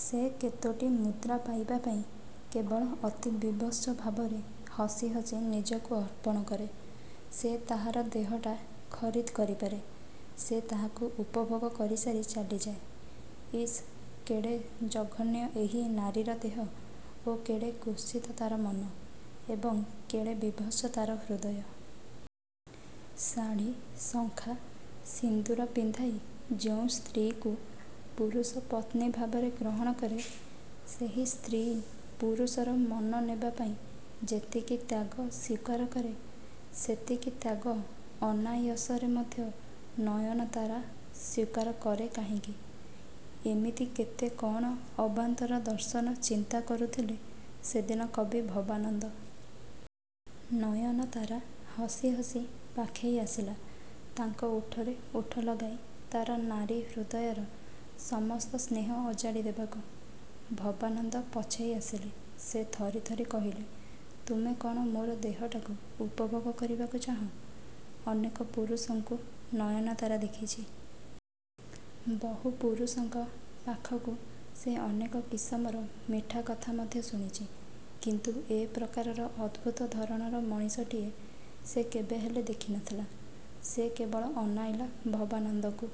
ସେ କେତୋଟି ମୁଦ୍ରା ପାଇବା ପାଇଁ କେବଳ ଅତି ବିଭତ୍ସ ଭାବରେ ହସି ହସି ନିଜକୁ ଅର୍ପଣ କରେ। ସେ ତାହାର ଦେହଟା ଖରିଦ୍ କରିପାରେ, ସେ ତାହାକୁ ଉପଭୋଗ କରିସାରି ଚାଲିଯାଏ। ଇସ୍ କେଡ଼େ ଜଘନ୍ୟ ଏହି ନାରୀର ଦେହ ଓ କେଡ଼େ କୁତ୍ସିତ ତା'ର ମନ ଏବଂ କେଡ଼େ ବିଭତ୍ସ ତା'ର ହୃଦୟ? ଶାଢ଼ି, ଶଙ୍ଖା, ସିନ୍ଦୂର ପିନ୍ଧାଇ ଯେଉଁ ସ୍ତ୍ରୀକୁ ପୁରୁଷ ପତ୍ନୀଭାବରେ ଗ୍ରହଣ କରେ, ସେହି ସ୍ତ୍ରୀ ପୁରୁଷର ମନ ନେବାପାଇଁ ଯେତିକି ତ୍ୟାଗ ସ୍ୱୀକାର କରେ, ସେତିକି ତ୍ୟାଗ ଅନାୟାସରେ ମଧ୍ୟ ନୟନତାରା ସ୍ଵୀକାର କରେ କାହିଁକି? ଏମିତି କେତେ କ'ଣ ଅବାନ୍ତର ଦର୍ଶନ ଚିନ୍ତାକରୁଥିଲେ ସେଦିନ କବି ଭବାନନ୍ଦ। ନୟନତାରା ହସିହସି ପାଖେଇ ଆସିଲା ତାଙ୍କ ଓଠରେ ଓଠ ଲଗାଇ ତା'ର ନାରୀ ହୃଦୟର ସମସ୍ତ ସ୍ନେହ ଅଜାଡ଼ି ଦେବାକୁ। ଭବାନନ୍ଦ ପଛେଇ ଆସିଲେ। ସେ ଥରି ଥରି କହିଲେ, ''ତୁମେ କ'ଣ ମୋର ଦେହଟାକୁ ଉପଭୋଗ କରିବାକୁ ଚାହଁ? '' ଅନେକ ପୁରୁଷଙ୍କୁ ନୟନତାରା ଦେଖିଛି। ବହୁ ପୁରୁଷଙ୍କ ପାଖରୁ ସେ ଅନେକ କିସମର ମିଠାକଥା ମଧ୍ୟ ଶୁଣିଛି, କିନ୍ତୁ ଏ ପ୍ରକାର ଅଦ୍ଭୁତ ଧରଣର ମଣିଷଟିଏ ସେ କେବେହେଲେ ଦେଖିନଥିଲା। ସେ କେବଳ ଅନାଇଲା ଭବାନନ୍ଦଙ୍କୁ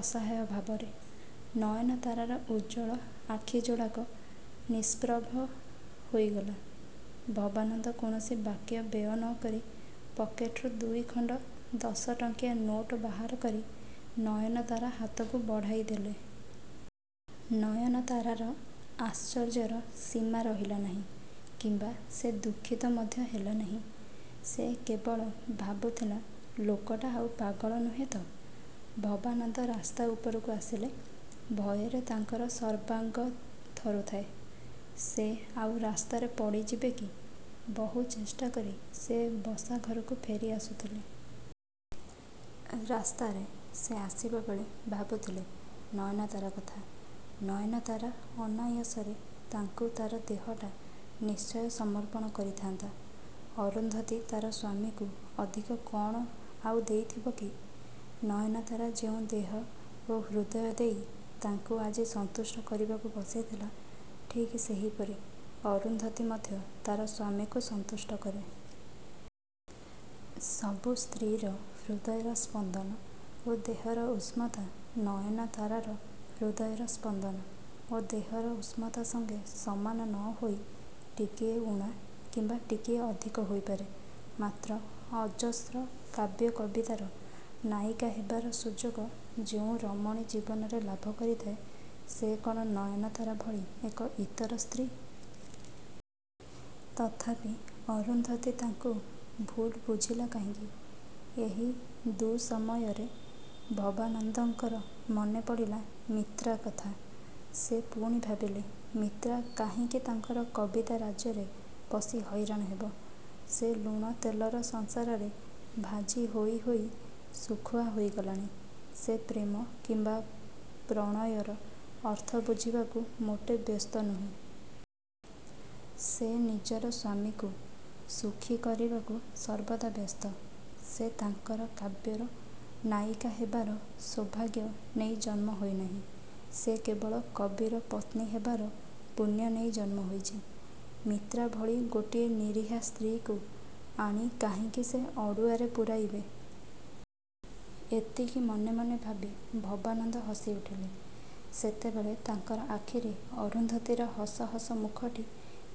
ଅସହାୟ ଭାବରେ। ନୟନତାରାର ଉଜ୍ଜ୍ୱଳ ଆଖିଯୋଡ଼ାକ ନିଷ୍ପ୍ରଭ ହୋଇଗଲା। ଭବାନନ୍ଦ କୌଣସି ବାକ୍ୟ ବ୍ୟୟ ନ କରି ପକେଟରୁ ଦୁଇଖଣ୍ଡ ଦଶଟଙ୍କିଆ ନୋଟ ବାହାରକରି ନୟନତାରା ହାତକୁ ବଢ଼ାଇଦେଲେ। ନୟନତାରାର ଆଶ୍ଚର୍ଯ୍ୟର ସୀମା ରହିଲା ନାହିଁ କିମ୍ବା ସେ ଦୁଃଖିତ ମଧ୍ୟ ହେଲା ନାହିଁ। ସେ କେବଳ ଭାବୁଥିଲା ଲୋକଟା ଆଉ ପାଗଳ ନୁହେଁ ତ-? ଭବାନନ୍ଦ ରାସ୍ତା ଉପରକୁ ଆସିଲେ। ଭୟରେ ତାଙ୍କର ସର୍ବାଙ୍ଗ ଥରୁଥାଏ। ସେ ଆଉ ରାସ୍ତାରେ ପଡ଼ିଯିବେ କି? ବହୁ ଚେଷ୍ଟାକରି ସେ ବସାଘରକୁ ଫେରି ଆସୁଥିଲେ। ରାସ୍ତାରେ ସେ ଆସିବାବେଳେ ଭାବୁଥିଲେ ନୟନତାରା କଥା। ନୟନତାରା ଅନାୟସରେ ତାଙ୍କୁ ତା'ର ଦେହଟା ନିଶ୍ଚୟ ସମର୍ପଣ କରିଥାନ୍ତା। ଅରୁନ୍ଧୁତୀ ତା'ର ସ୍ୱାମୀକୁ ଅଧିକା କ'ଣ ଆଉ ଦେଉଥିବ କି? ନୟନତାରା ଯେଉଁ ଦେହ ଓ ହୃଦୟ ଦେଇ ତାଙ୍କୁ ଆଜି ସନ୍ତୁଷ୍ଟ କରିବାକୁ ବସିଥିଲା, ଠିକ୍ ସେହିପରି ଅରୁନ୍ଧୁତୀ ମଧ୍ୟ ତା'ର ସ୍ୱାମୀକୁ ସନ୍ତୁଷ୍ଟ କରେ। ସବୁ ସ୍ତ୍ରୀର ହୃଦୟର ସ୍ପନ୍ଦନ ଓ ଦେହର ଉଷ୍ମତା ନୟନତାରାର ହୃଦୟର ସ୍ପନ୍ଦନ ଓ ଦେହର ଉଷ୍ମତା ସଙ୍ଗେ ସମାନ ନ ହୋଇ ଟିକିଏ ଊଣା କିମ୍ବା ଟିକିଏ ଅଧିକ ହୋଇପାରେ। ମାତ୍ର ଅଜସ୍ର କାବ୍ୟ କବିତାର ନାୟିକା ହେବାର ସୁଯୋଗ ଯେଉଁ ରମଣୀ ଜୀବନରେ ଲାଭ କରିଥାଏ ସେ କ'ଣ ନୟନତାରା ଭଳି ଏକ ଇତର ସ୍ତ୍ରୀ? ତଥାପି ଅରୁନ୍ଧୁତୀ ତାଙ୍କୁ ଭୁଲ ବୁଝିଲା କାହିଁକି? ଏହି ଦୁଃସମୟରେ ଭବାନନ୍ଦଙ୍କର ମନେପଡ଼ିଲା ମିତ୍ରାକଥା। ସେ ପୁଣି ଭାବିଲେ ମିତ୍ରା କାହିଁକି ତାଙ୍କର କବିତା ରାଜ୍ୟରେ ପଶି ହଇରାଣ ହେବ? ସେ ଲୁଣ ତେଲର ସଂସାରରେ ଭାଜି ହୋଇ ହୋଇ ଶୁଖୁଆ ହୋଇଗଲାଣି। ସେ ପ୍ରେମ କିମ୍ବା ପ୍ରଣୟର ଅର୍ଥ ବୁଝିବାକୁ ମୋଟେ ବ୍ୟସ୍ତ ନୁହେଁ। ସେ ନିଜର ସ୍ୱାମୀକୁ ସୁଖୀ କରିବାକୁ ସର୍ବଦା ବ୍ୟସ୍ତ। ସେ ତାଙ୍କର କାବ୍ୟର ନାୟିକା ହେବାର ସୌଭାଗ୍ୟ ନେଇ ଜନ୍ମ ହୋଇନାହିଁ। ସେ କେବଳ କବିର ପତ୍ନୀ ହେବାର ପୁଣ୍ୟ ନେଇ ଜନ୍ମ ହୋଇଛି। ମିତ୍ରା ଭଳି ଗୋଟିଏ ନିରୀହା ସ୍ତ୍ରୀକୁ ଆଣି କାହିଁକି ସେ ଅଡ଼ୁଆରେ ପୂରାଇବେ? ଏତିକି ମନେମନେ ଭାବି ଭବାନନ୍ଦ ହସିଉଠିଲେ। ସେତେବେଳେ ତାଙ୍କର ଆଖିରେ ଅରୁନ୍ଧୁତୀର ହସ ହସ ମୁଖଟି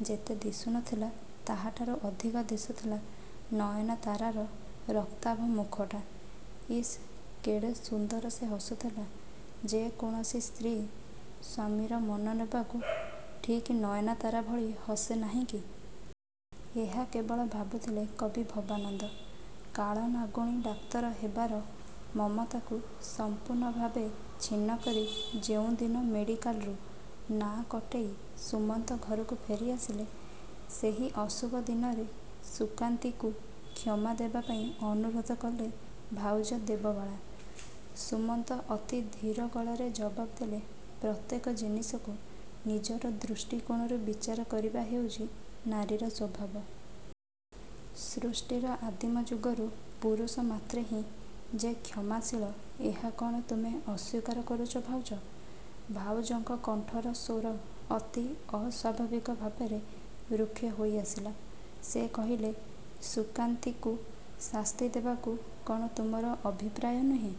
ଯେତେ ଦିଶୁନଥିଲା ତାହାଠାରୁ ଅଧିକ ଦିଶୁଥିଲା ନୟନତାରାର ରକ୍ତାଭ ମୁଖଟା। ଇସ୍ କେଡ଼େ ସୁନ୍ଦର ସେ ହସୁଥିଲା। 'ଯେ କୌଣସି ସ୍ତ୍ରୀ ସ୍ୱାମୀର ମନନେବାକୁ ଠିକ୍ ନୟନତାରା ଭଳି ହସେ ନାହିଁକି? ' ଏହା କେବଳ ଭାବୁଥିଲେ କବି ଭବାନନ୍ଦ। କାଳ ନାଗୁଣୀ ଡାକ୍ତର ହେବାର ମମତାକୁ ସମ୍ପୂର୍ଣ୍ଣଭାବେ ଛିନ୍ନକରି ଯେଉଁଦିନ ମେଡିକାଲରୁ ନାଁ କଟେଇ ସୁମନ୍ତ ଘରକୁ ଫେରିଆସିଲେ ସେହି ଅଶୁଭ ଦିନରେ ସୁକାନ୍ତିକୁ କ୍ଷମା ଦେବାପାଇଁ ଅନୁରୋଧ କଲେ ଭାଉଜ ଦେବବାଳା। ସୁମନ୍ତ ଅତି ଧୀର ଗଳାରେ ଜବାବ୍ ଦେଲେ ''ପ୍ରତ୍ୟେକ ଜିନିଷକୁ ନିଜର ଦୃଷ୍ଟିକୋଣରୁ ବିଚାର କରିବା ହେଉଛି ନାରୀର ସ୍ୱଭାବ। ସୃଷ୍ଟିର ଆଦିମଯୁଗରୁ ପୁରୁଷ ମାତ୍ରେ ହିଁ ଯେ କ୍ଷମାଶୀଳ ଏହା କ'ଣ ତୁମେ ଅସ୍ୱୀକାର କରୁଛ ଭାଉଜ? '' ଭାଉଜଙ୍କ କଣ୍ଠର ସ୍ୱର ଅତି ଅସ୍ୱାଭାବିକ ଭାବରେ ଋକ୍ଷ ହୋଇଆସିଲା। ସେ କହିଲେ, ''ସୁକାନ୍ତୀକୁ ଶାସ୍ତିଦେବାକୁ କ'ଣ ତୁମର ଅଭିପ୍ରାୟ ନୁହେଁ?